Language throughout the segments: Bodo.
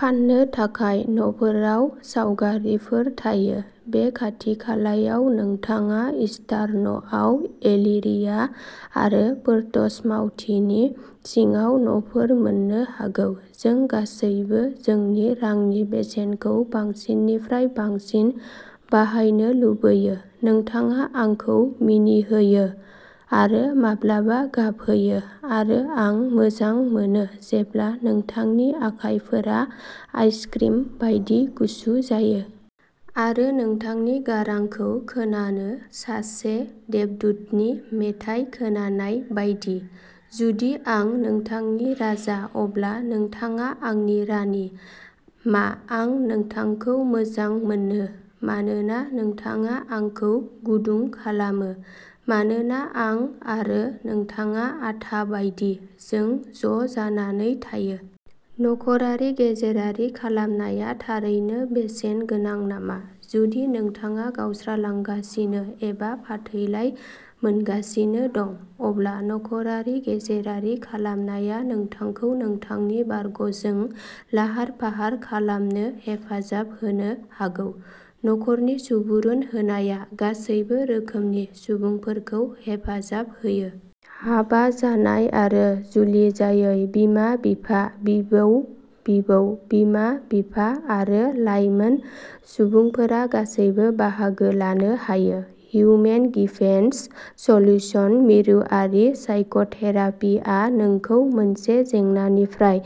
फान्नो थाखाय न'फोराव सावगारिफोर थायो। बे खाथिखालायाव नोंथाङा इस्टार्नआव एलिरिया आरो पोर्टसमाउथनि सिङाव न'फोर मोन्नो हागौ। जों गासैबो जोंनि रांनि बेसेनखौ बांसिननिफ्राय बांसिन बाहायनो लुबैयो। नोंथाङा आंखौ मिनिहोयो आरो माब्लाबा गाबहोयो। आरो आं मोजां मोनो जेब्ला नोंथांनि आखाइफोरा आइसक्रिम बायदि गुसु जायो। आरो नोंथांनि गारांखौ खोनानो सासे देबदूतनि मेथाइ खोनानाय बायदि। जुदि आं नोंथांनि राजा अब्ला नोंथाङा आंनि रानि। मा आं नोंखौ मोजां मोनो मानोना नोंथाङा आंखौ गुदुं खालामो। मानोना आं आरो नोंथाङा आथा बायदि जों ज'जानानै थायो। नख'रारि गेजेरारि खालामनाया थारैनो बेसेन गोनां नामा? जुदि नोंथाङा गावस्रालांगासिनो एबा फाथैलाइ मोनगासिनो दं। अब्ला नख'रारि गेजेरारि खालामनाया नोंथांखौ नोंथांनि बारग'जों लाहार-फाहार खालामनो हेफाजाब होनो हागौ। नखरनि सुबुरुन होनाया गासैबो रोखोमनि सुबुंफोरखौ हेफाजाब होयो। हाबा जानाय आरो जुलि जायै बिमा-बिफा, बिबौ-बिबौ, बिमा-बिफा आरो लाइमोन सुबुंफोरा गासैबो बाहागो लानो हायो। हिउमेन गिभेन्स सलयुशन मिरुआरि साइक'थेरापिआ नोंखौ मोनसे जेंनानिफ्राय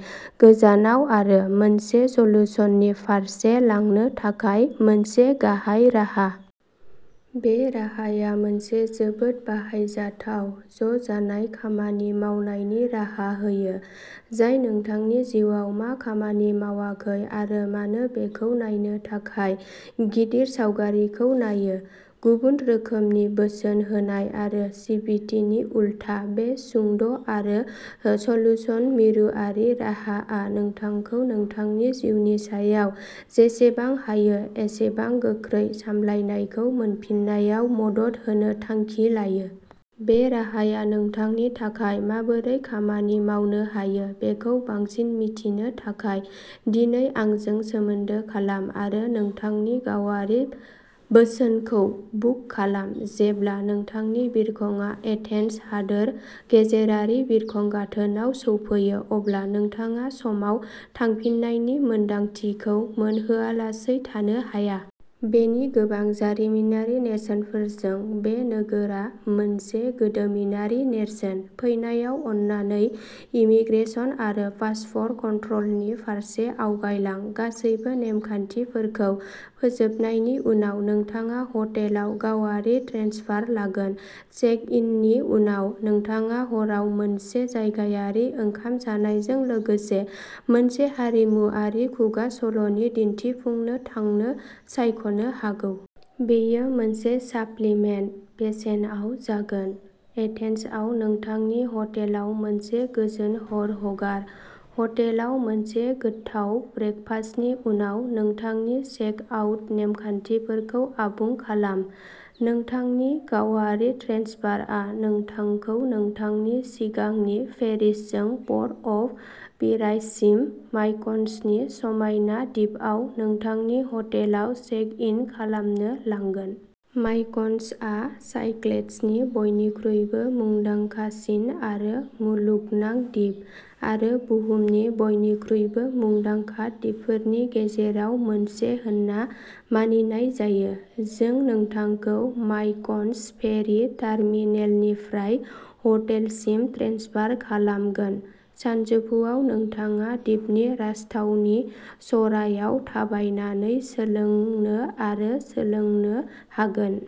गोजानाव आरो मोनसे सल्युसननि फारसे लांनो थाखाय मोनसे गाहाय राहा। बे राहाया मोनसे जोबोद बाहायजाथाव ज'जानाय खामानि मावनायनि राहा होयो जाय नोंथांनि जिउआव मा खामानि मावाखै आरो मानो बेखौ नायनो थाखाय गिदिर सावगारिखौ नायो। गुबुन रोखोमनि बोसोन होनाय आरो सिबिटिनि उलथा बे सुंद'आरो सलयुशन मिरुआरि राहाआ नोंथांखौ नोंथांनि जिउनि सायाव जेसेबां हायो एसेबां गोख्रै सामलायनायखौ मोनफिननायाव मदद होनो थांखि लायो। बे राहाया नोंथांनि थाखाय माबोरै खामानि मावनो हायो बेखौ बांसिन मिथिनो थाखाय दिनै आंजों सोमोन्दो खालाम आरो नोंथांनि गावारि बोसोनखौ बुक खालाम। जेब्ला नोंथांनि बिरखंआ एथेन्स हादोर गेजेरारि बिरखं गाथोनाव सौफैयो अब्ला नोंथाङा समाव थांफिननायनि मोनदांथिखौ मोनहोआलासै थानो हाया। बेनि गोबां जारिमिनारि नेरसोनफोरजों बे नोगोरा मोनसे गोदोमिनारि नेरसोन। फैनायाव अननानै इमिग्रेशन आरो पासपोर्ट कनट्र'लनि फारसे आवगायलां। गासैबो नेमखान्थिफोरखौ फोजोबनायनि उनाव नोंथाङा हटेलाव गावारि ट्रेनसफार लागोन। चेक-इननि उनाव नोंथाङा हराव मोनसे जायगायारि ओंखाम जानायजों लोगोसे मोनसे हारिमुआरि खुगा सल'नि दिन्थिफुंनो थांनो सायख'नो हागौ। बेयो मोनसे साप्लिमेन्ट बेसेनआव जागोन। एथेन्सआव नोंथांनि हटेलाव मोनसे गोजोन हर हगार। हटेलाव मोनसे गोथाव ब्रेकफास्टनि उनाव नोंथांनि चेक-आउट नेमखान्थिफोरखौ आबुं खालाम। नोंथांनि गावारि ट्रेनसफारआ नोंथांखौ नोंथांनि सिगांनि फेरिजों पोर्ट अफ पिरायससिम मायकन'सनि समायना दिपआव नोंथांनि हटेलाव चेक-इन खालामनो लांगोन। मायकन'सआ साइक्लेड्सनि बयनिख्रुइबो मुंदांखासिन आरो मुलुगनां दिप आरो बुहुमनि बयनिख्रुइबो मुंदांखा दिपफोरनि गेजेराव मोनसे होनना मानिनाय जायो। जों नोंथांखौ मायकन'स फेरि टार्मिनेलनिफ्राय हटेलसिम ट्रेन्सफार खालामगोन। सानजौफुआव नोंथाङा दिपनि राजथावनि च'रायाव थाबायनानै सोलोंनो आरो सोलोंनो हागोन।